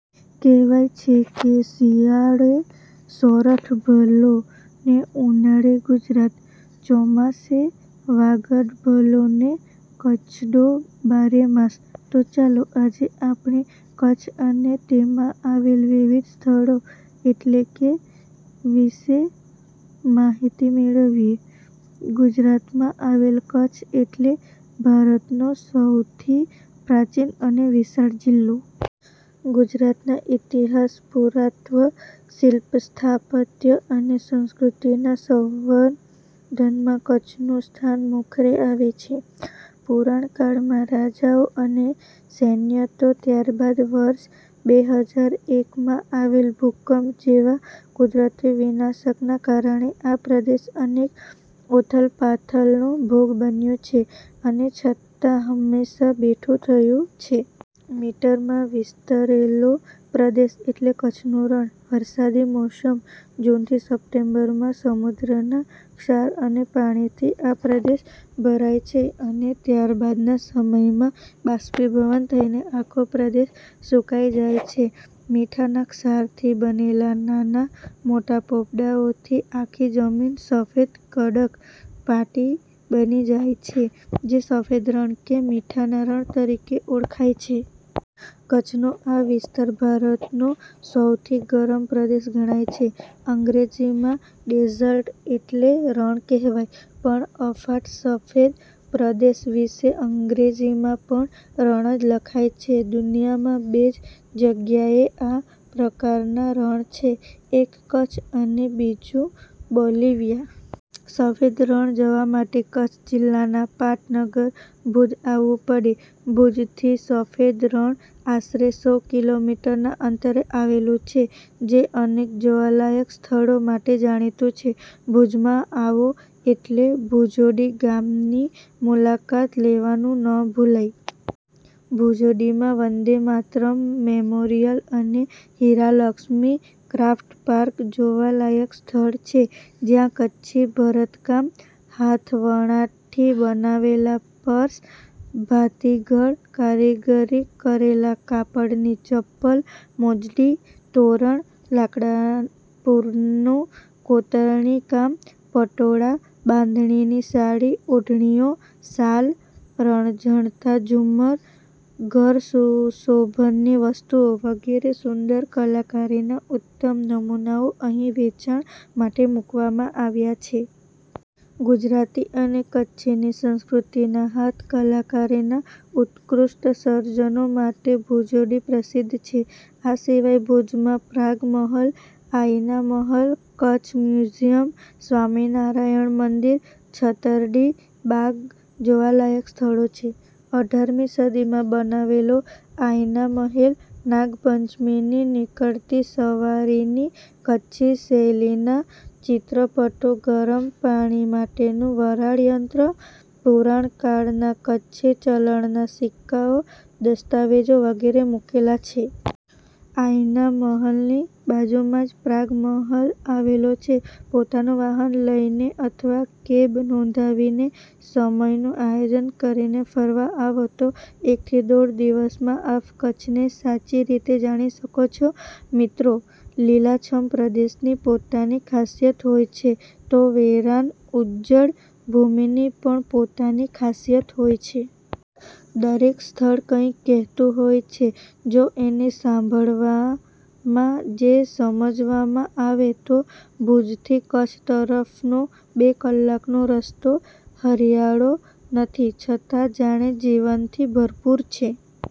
કહેવાય છે કે, શિયાળે સોરઠ ભલો, ને ઉનાળે ગુજરાત, ચોમાસે વાગડ ભલો ને કચ્છડો બારે માસ. તો ચાલો આજે આપણે કચ્છ અને તેમાંં આવેલ વિવિધ સ્થળો એટલે કે વિશે માહિતી મેળવીએ. ગુજરાતમાં આવેલ કચ્છ એટલે ભારતનો સહુથી પ્રાચીન અને વિશાળ જિલ્લો. ગુજરાતના ઇતિહાસ, પુરાતત્વ, શિલ્પ-સ્થાપત્ય અને સંસ્કૃતિના સંવર્ધનમાં કચ્છનું સ્થાન મોખરે આવે છે. પુરાણકાળમાં રાજાઓ અને સૈન્ય તો ત્યારબાદ વર્ષ બે હજાર એક માં આવેલ ભૂકંપ જેવા કુદરતી વિનાશના કારણે આ પ્રદેશ અનેક ઉથલપાથલનો ભોગ બન્યું છે, અને છતાં હંમેશા બેઠું થયું છે. મીટર માં વિસ્તરેલો પ્રદેશ એટલે કચ્છનું રણ. વરસાદી મોસમ જૂનથી સપ્ટેમ્બરમાં સમુદ્રના ક્ષાર અને પાણીથી આ પ્રદેશ ભરાય છે અને ત્યારબાદના સમયમાં બાષ્પીભવન થઈને આખો પ્રદેશ સૂકાઈ જાય છે. મીઠાના ક્ષારથી બનેલા નાના મોટા પોપડાઓથી આખી જમીન સફેદ કડક પાટ બની જાય છે, જે સફેદ રણ, કે મીઠાના રણ તરીકે ઓળખાય છે. કચ્છનો આ વિસ્તાર ભારતનો સહુથી ગરમ પ્રદેશ ગણાય છે. અંગ્રેજીમાં ડેઝર્ટ એટલે રણ કહેવાય, પણ અફાટ સફેદ પ્રદેશ વિષે અંગ્રેજીમાં પણ રણ જ લખાય છે. દુનિયામાં બે જ જગ્યાએ આ પ્રકારના રણ છે, એક કચ્છ અને બીજું બોલિવિયા. સફેદ રણ જવા માટે કચ્છ જિલ્લાના પાટનગર ભૂજ આવવું પડે. ભૂજથી સફેદ રણ આશરે સો કિલો મીટર ના અંતરે આવેલું છે. જે અનેક જોવાલાયક સ્થળો માટે જાણીતું છે. ભૂજમાં આવો એટલે ભૂજોડી ગામની મુલાકાત લેવાનું ન ભૂલાય! ભૂજોડીમાં વંદે માતરમ મેમોરિયલ અને હીરાલક્ષ્મી ક્રાફ્ટ પાર્ક જોવાલાયક સ્થળો છે. જ્યાં કચ્છી ભરતકામ, હાથવણાટથી બનાવેલા પર્સ, ભાતીગળ કારીગરી કરેલા કાપડની ચપ્પલ-મોજડી, તોરણ, લાકડાં પરનું કોતરણી કામ, પટોળા, બાંધણીની સાડી-ઓઢણીઓ, શાલ, રણઝણતા ઝુમ્મર, ઘરસુશોભનની વસ્તુઓ વગેરે સુંદર કલાકારીના ઉત્તમ નમૂનાઓ અહીં વેચાણ માટે મૂકવામાં આવ્યા છે. ગુજરાતની અને કચ્છની સંસ્કૃતિના હાથ કલાકારીના ઉત્કૃષ્ઠ સર્જનો માટે ભુજોડી પ્રસિદ્ધ છે. આ સિવાય ભૂજમાં પ્રાગ મહલ, આઈના મહલ, કચ્છ મ્યુઝીયમ, સ્વામિનારાયણ મંદિર, છતરડી બાગ જોવાલાયક સ્થળો છે. અઢાર મી સદીમાં બનાવેલો આઇના મહેલ નાગપંચમીની નીકળતી સવારીની, કચ્છી શૈલીના ચિત્રપટો, ગરમ પાણી માટેનું વરાળયંત્ર, પુરાણ કાળના કચ્છી ચલણના સિક્કાઓ, દસ્તાવેજો વગેરે મૂકેલા છે. આઇના મહલની બાજુમાં જ પ્રાગ મહલ આવેલો છે. પોતાનું વાહન લઈને અથવા કેબ નોંધાવીને સમયનું આયોજન કરીને ફરવા આવો તો એકથી દોઢ દિવસમાં આપ કચ્છને સાચી રીતે જાણી શકો છો. મિત્રો, લીલાછમ પ્રદેશની પોતાની ખાસિયત હોય છે તો વેરાન, ઉજ્જડ ભૂમિની પણ પોતાની ખાસિયત હોય છે. દરેક સ્થળ કંઈક કહેતું હોય છે, જો એને સાંભળવામાં ને સમજવામાં આવે તો! ભૂજથી કચ્છ તરફનો બે કલાકનો રસ્તો હરિયાળો નથી છતાં જાણે જીવનથી ભરપુર છે!